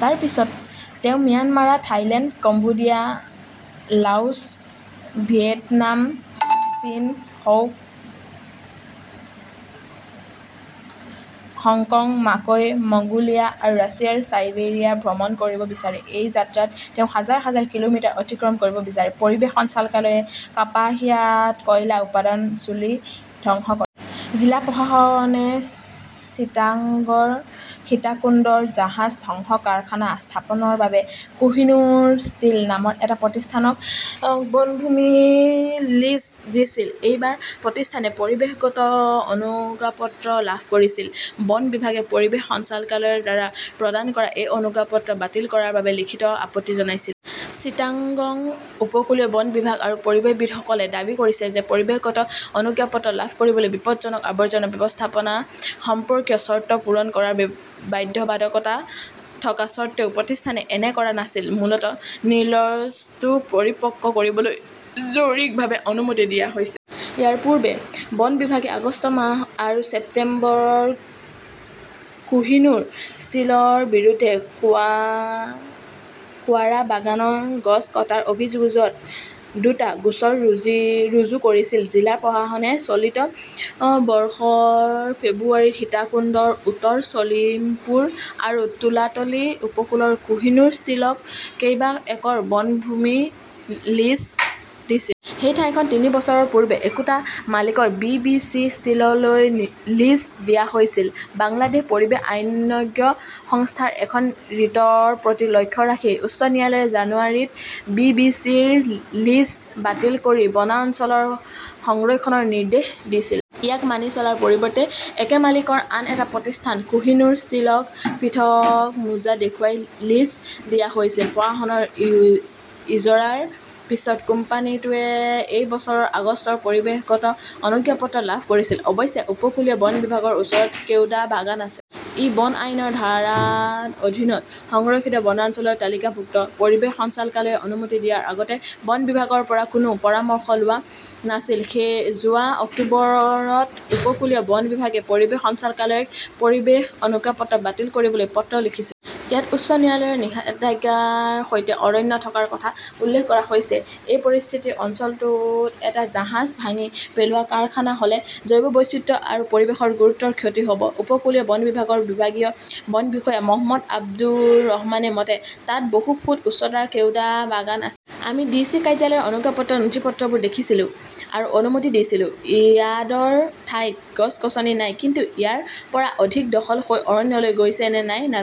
তাৰ পিছত তেওঁ Myanmar, Thailand, Cambodia, Laos, Vietnam, চীন, হংকং, মাকৌ, মংগোলিয়া আৰু ৰাছিয়াৰ চাইবেৰিয়া ভ্ৰমণ কৰিব বিচাৰে। এই যাত্ৰাত তেওঁ হাজাৰ হাজাৰ কিলোমিটাৰ অতিক্ৰম কৰিব বিচাৰে। পৰিৱেশ সঞ্চালকালয়ে কাপাসিয়াত কয়লা উৎপাদন চুলী ধ্বংস কৰে। জিলা প্ৰশাসনে চিটাংগৰ সীতাকুণ্ডত জাহাজ ধ্বংস কাৰখানা স্থাপনৰ বাবে কোহিনুৰ ষ্টীল নামৰ এটা প্ৰতিষ্ঠানক বনভূমি লিজ দিছিল। এইবাৰ প্ৰতিষ্ঠানে পৰিৱেশগত অনুজ্ঞাপত্ৰ লাভ কৰিছিল। বন বিভাগে পৰিৱেশ সঞ্চালকালয়ৰ দ্বাৰা প্ৰদান কৰা এই অনুজ্ঞাপত্ৰ বাতিল কৰাৰ বাবে লিখিত আপত্তি জনাইছিল। চিটাংগং উপকূলীয় বন বিভাগ আৰু পৰিৱেশবিদসকলে দাবী কৰিছে যে পৰিৱেশগত অনুজ্ঞাপত্ৰ লাভ কৰিবলৈ বিপদজনক আৱৰ্জনা ব্যৱস্থাপনা সম্পৰ্কীয় চৰ্ত পূৰণ কৰাৰ বাধ্যবাধকতা থকা স্বত্বেও প্ৰতিষ্ঠানে এনে কৰা নাছিল। মূলতঃ লিজটো পৰিপক্ক কৰিবলৈ জৰুৰীভাৱে অনুমতি দিয়া হৈছে। ইয়াৰ পূৰ্বে বন বিভাগে আগষ্ট মাহ আৰু ছেপ্টেম্বৰত কোহিনুৰ ষ্টীলৰ বিৰুদ্ধে কোৱাৰাবাগানৰ গছ কটাৰ অভিযোগত দুটা গোচৰ ৰুজু কৰিছিল। জিলা প্ৰশাসনে চলিত বৰ্ষৰ ফেব্ৰুৱাৰীত সীতাকুণ্ডৰ উত্তৰ চলিমপুৰ আৰু তুলাতলি উপকূলৰ কোহিনুৰ ষ্টিলক কেইবা একৰ বনভূমি লিজ দিছিল। সেই ঠাইখন তিনি বছৰ পূৰ্বে একেটা মালিকৰ বি. বি. চি. ষ্টীললৈ লিজ দিয়া হৈছিল। বাংলাদেশ পৰিৱেশ আইনজ্ঞ সংস্থাৰ এখন ৰিটৰ প্ৰতি লক্ষ্য ৰাখি উচ্চ ন্যায়ালয়ে জানুৱাৰীত বি. বি. চি. -ৰ লিজ বাতিল কৰি বনাঞ্চল সংৰক্ষণৰ নিৰ্দেশ দিছিল। ইয়াক মানি চলাৰ পৰিৱৰ্তে একে মালিকৰ আন এটা প্ৰতিষ্ঠান কোহিনুৰ ষ্টীলক পৃথক মোজা দেখুৱাই লিজ দিয়া হৈছিল। প্ৰশাসনৰ ইজৰাৰ পিছত কোম্পানীটোৱে এই বছৰৰ আগষ্টত পৰিৱেশগত অনুজ্ঞাপত্ৰ লাভ কৰিছিল। অৱশ্যে, উপকূলীয় বন বিভাগৰ ওচৰত কেওডা বাগান আছে। ই বন আইনৰ ধাৰাৰ অধীনত সংৰক্ষিত বনাঞ্চলৰ তালিকাভুক্ত। পৰিৱেশ সঞ্চালকালয়ে অনুমতি দিয়াৰ আগতে বন বিভাগৰ পৰা কোনো পৰামৰ্শ লোৱা নাছিল। যোৱা অক্টোবৰত উপকূলীয় বন বিভাগে পৰিৱেশ সঞ্চালকালয়ক পৰিৱেশৰ অনুজ্ঞাপত্ৰ বাতিল কৰিবলৈ পত্ৰ লিখিছিল। ইয়াত উচ্চ ন্যায়ালয়ৰ নিষেধাজ্ঞাৰ সৈতে অৰণ্য থকাৰ কথা উল্লেখ কৰা হৈছে। এই পৰিস্থিতিত অঞ্চলটোত এটা জাহাজ ভাঙি পেলোৱা কাৰখানা হ'লে জৈৱ বৈচিত্ৰ্য আৰু পৰিৱেশৰ গুৰুতৰ ক্ষতি হ'ব। উপকূলীয় বন বিভাগৰ বিভাগীয় বন বিষয়া মহম্মদ আবদুৰ ৰহমানৰ মতে, তাত বহু ফুট উচ্চতাৰ কেওডা বাগান আছে। আমি ডিচি কাৰ্যালয়ৰ অনুজ্ঞাপত্ৰৰ নথিপত্ৰবোৰ দেখিছিলোঁ আৰু অনুমতি দিছিলোঁ। ইয়াৰ্ডৰ ঠাইত গছ-গছনি নাই। কিন্তু ইয়াৰ পৰা অধিক দখল হৈ অৰণ্যলৈ গৈছে নে নাই নাজানো।